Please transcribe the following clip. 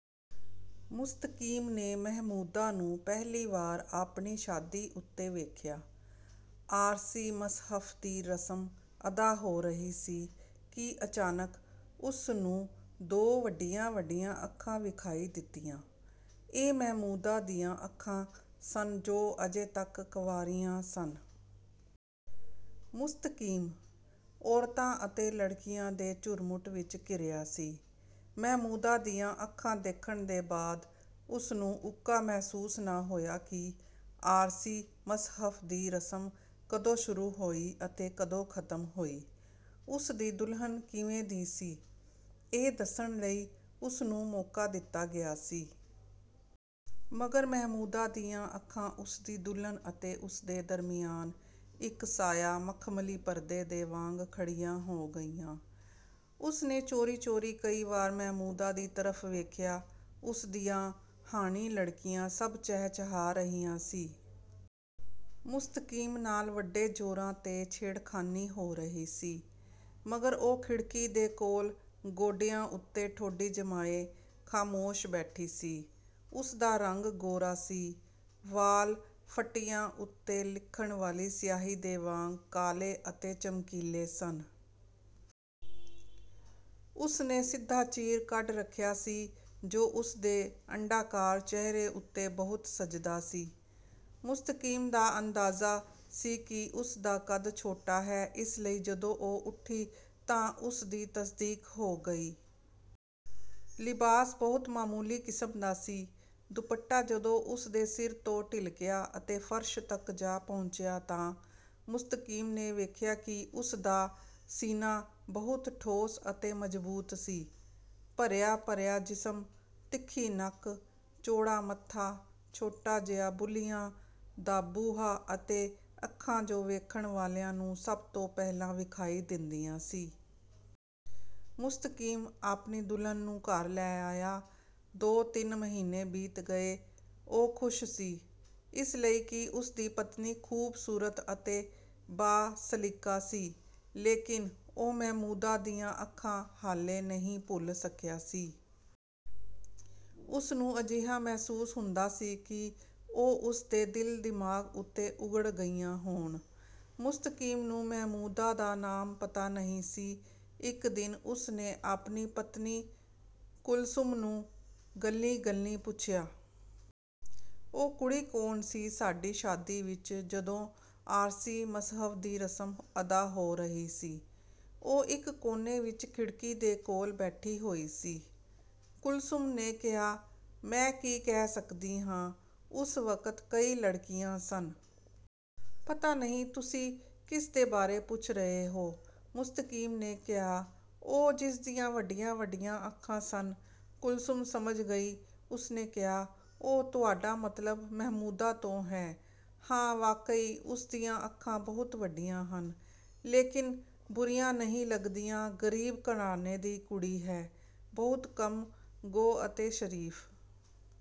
ਮੁਸਤਕੀਮ ਨੇ ਮਹਿਮੂਦਾ ਨੂੰ ਪਹਿਲੀ ਵਾਰ ਆਪਣੀ ਸ਼ਾਦੀ ਉੱਤੇ ਵੇਖਿਆ। ਆਰਸੀ ਮਸਹਫ਼ ਦੀ ਰਸਮ ਅਦਾ ਹੋ ਰਹੀ ਸੀ ਕਿ ਅਚਾਨਕ ਉਸ ਨੂੰ ਦੋ ਵੱਡੀਆਂ-ਵੱਡੀਆਂ ਅੱਖਾਂ ਵਿਖਾਈ ਦਿੱਤੀਆਂ। ਇਹ ਮਹਿਮੂਦਾ ਦੀਆਂ ਅੱਖਾਂ ਸਨ ਜੋ ਅਜੇ ਤੱਕ ਕੰਵਾਰੀਆਂ ਸਨ। ਮੁਸਤਕੀਮ, ਔਰਤਾਂ ਅਤੇ ਲੜਕੀਆਂ ਦੇ ਝੁਰਮੁਟ ਵਿੱਚ ਘਿਰਿਆ ਸੀ। ਮਹਿਮੂਦਾ ਦੀਆਂ ਅੱਖਾਂ ਦੇਖਣ ਦੇ ਬਾਅਦ ਉਸਨੂੰ ਉੱਕਾ ਮਹਿਸੂਸ ਨਾ ਹੋਇਆ ਕਿ ਆਰਸੀ ਮਸਹਫ਼ ਦੀ ਰਸਮ ਕਦੋਂ ਸ਼ੁਰੂ ਹੋਈ ਅਤੇ ਕਦੋਂ ਖ਼ਤਮ ਹੋਈ। ਉਸ ਦੀ ਦੁਲਹਨ ਕਿਵੇਂ ਦੀ ਸੀ, ਇਹ ਦੱਸਣ ਲਈ ਉਸ ਨੂੰ ਮੌਕਾ ਦਿੱਤਾ ਗਿਆ ਸੀ। ਮਗਰ ਮਹਿਮੂਦਾ ਦੀਆਂ ਅੱਖਾਂ ਉਸ ਦੀ ਦੁਲਹਨ ਅਤੇ ਉਸ ਦੇ ਦਰਮਿਆਨ ਇੱਕ ਸਾਇਆ ਮਖ਼ਮਲੀ ਪਰਦੇ ਦੇ ਵਾਂਗ ਖੜੀਆਂ ਹੋ ਗਈਆਂ। ਉਸ ਨੇ ਚੋਰੀ-ਚੋਰੀ ਕਈ ਵਾਰ ਮਹਿਮੂਦਾ ਦੀ ਤਰਫ਼ ਵੇਖਿਆ। ਉਸ ਦੀਆਂ ਹਾਣੀ ਲੜਕੀਆਂ ਸਭ ਚਹਿ-ਚਹਾ ਰਹੀਆਂ ਸੀ। ਮੁਸਤਕੀਮ ਨਾਲ ਵੱਡੇ ਜੋਰਾਂ ਤੇ ਛੇੜਖ਼ਾਨੀ ਹੋ ਰਹੀ ਸੀ। ਮਗਰ ਉਹ ਖਿੜਕੀ ਦੇ ਕੋਲ ਗੋਡਿਆਂ ਉੱਤੇ ਠੋਡੀ ਜਮਾਏ, ਖ਼ਾਮੋਸ਼ ਬੈਠੀ ਸੀ। ਉਸ ਦਾ ਰੰਗ ਗੋਰਾ ਸੀ। ਵਾਲ਼ ਫੱਟੀਆਂ ਉੱਤੇ ਲਿਖਣ ਵਾਲੀ ਸਿਆਹੀ ਦੇ ਵਾਂਗ ਕਾਲੇ ਅਤੇ ਚਮਕੀਲੇ ਸਨ। ਉਸ ਨੇ ਸਿੱਧਾ ਚੀਰ ਕੱਢ ਰੱਖਿਆ ਸੀ ਜੋ ਉਸ ਦੇ ਅੰਡਾਕਾਰ ਚਿਹਰੇ ਉੱਤੇ ਬਹੁਤ ਸਜਦਾ ਸੀ। ਮੁਸਤਕੀਮ ਦਾ ਅੰਦਾਜ਼ਾ ਸੀ ਕਿ ਉਸ ਦਾ ਕਦ ਛੋਟਾ ਹੈ ਇਸ ਲਈ ਜਦੋਂ ਉਹ ਉੱਠੀ ਤਾਂ ਉਸ ਦੀ ਤਸਦੀਕ ਹੋ ਗਈ। ਲਿਬਾਸ ਬਹੁਤ ਮਾਮੂਲੀ ਕਿਸਮ ਦਾ ਸੀ। ਦੁਪੱਟਾ ਜਦੋਂ ਉਸ ਦੇ ਸਿਰ ਤੋਂ ਢਿਲਕਿਆ ਅਤੇ ਫ਼ਰਸ਼ ਤੱਕ ਜਾ ਪਹੁੰਚਿਆ ਤਾਂ ਮੁਸਤਕੀਮ ਨੇ ਵੇਖਿਆ ਕਿ ਉਸ ਦਾ ਸੀਨਾ ਬਹੁਤ ਠੋਸ ਅਤੇ ਮਜ਼ਬੂਤ ਸੀ। ਭਰਿਆ-ਭਰਿਆ ਜਿਸਮ, ਤਿੱਖੀ ਨੱਕ, ਚੌੜਾ ਮੱਥਾ, ਛੋਟਾ ਜਿਹਾ ਬੁੱਲ੍ਹੀਆਂ ਦਾ ਬੂਹਾ ਅਤੇ ਅੱਖਾਂ ਜੋ ਵੇਖਣ ਵਾਲਿਆਂ ਨੂੰ ਸਭ ਤੋਂ ਪਹਿਲਾਂ ਵਿਖਾਈ ਦਿੰਦੀਆਂ ਸੀ। ਮੁਸਤਕੀਮ ਆਪਣੀ ਦੁਲਹਨ ਨੂੰ ਘਰ ਲੈ ਆਇਆ। ਦੋ ਤਿੰਨ ਮਹੀਨੇ ਬੀਤ ਗਏ। ਉਹ ਖ਼ੁਸ਼ ਸੀ, ਇਸ ਲਈ ਕਿ ਉਸ ਦੀ ਪਤਨੀ ਖ਼ੂਬਸੂਰਤ ਅਤੇ ਬਾ-ਸਲੀਕਾ ਸੀ। ਲੇਕਿਨ ਉਹ ਮਹਿਮੂਦਾ ਦੀਆਂ ਅੱਖਾਂ ਹਾਲੇ ਨਹੀਂ ਭੁੱਲ ਸਕਿਆ ਸੀ। ਉਸ ਨੂੰ ਅਜਿਹਾ ਮਹਿਸੂਸ ਹੁੰਦਾ ਸੀ ਕਿ ਉਹ ਉਸ ਦੇ ਦਿਲ-ਦਿਮਾਗ਼ ਉੱਤੇ ਉਘੜ ਗਈਆਂ ਹੋਣ। ਮੁਸਤਕੀਮ ਨੂੰ ਮਹਿਮੂਦਾ ਦਾ ਨਾਮ ਪਤਾ ਨਹੀਂ ਸੀ। ਇੱਕ ਦਿਨ ਉਸ ਨੇ ਆਪਣੀ ਪਤਨੀ, ਕੁਲਸੁਮ ਨੂੰ ਗੱਲੀਂ-ਗੱਲੀਂ ਪੁੱਛਿਆ। " ਉਹ ਕੁੜੀ ਕੌਣ ਸੀ ਸਾਡੀ ਸ਼ਾਦੀ ਵਿੱਚ ਜਦੋਂ ਆਰਸੀ ਮਸਹਫ਼ ਦੀ ਰਸਮ ਅਦਾ ਹੋ ਰਹੀ ਸੀ, ਉਹ ਇੱਕ ਕੋਨੇ ਵਿੱਚ ਖਿੜਕੀ ਦੇ ਕੋਲ ਬੈਠੀ ਹੋਈ ਸੀ। "ਕੁਲਸੁਮ ਨੇ ਕਿਹਾ ਮੈਂ ਕੀ ਕਹਿ ਸਕਦੀ ਹਾਂ ਉਸ ਵਕਤ ਕਈ ਲੜਕੀਆਂ ਸਨ। ਪਤਾ ਨਹੀਂ ਤੁਸੀਂ ਕਿਸ ਦੇ ਬਾਰੇ ਪੁੱਛ ਰਹੇ ਹੋ। " ਮੁਸਤਕੀਮ ਨੇ ਕਿਹਾ," ਉਹ ਜਿਸ ਦੀਆਂ ਵੱਡੀਆਂ-ਵੱਡੀਆਂ ਅੱਖਾਂ ਸਨ। "ਕੁਲਸੁਮ ਸਮਝ ਗਈ ਉਸਨੇ ਕਿਹਾ, "ਓਹ ਤੁਹਾਡਾ ਮਤਲਬ ਮਹਿਮੂਦਾ ਤੋਂ ਹੈ, ਹਾਂ ਵਾਕਈ ਉਸ ਦੀਆਂ ਅੱਖਾਂ ਬਹੁਤ ਵੱਡੀਆਂ ਹਨ, ਲੇਕਿਨ ਬੁਰੀਆਂ ਨਹੀਂ ਲੱਗਦੀਆਂ ਗ਼ਰੀਬ ਘਰਾਣੇ ਦੀ ਕੁੜੀ ਹੈ। ਬਹੁਤ ਕਮ ਗੋ ਅਤੇ ਸ਼ਰੀਫ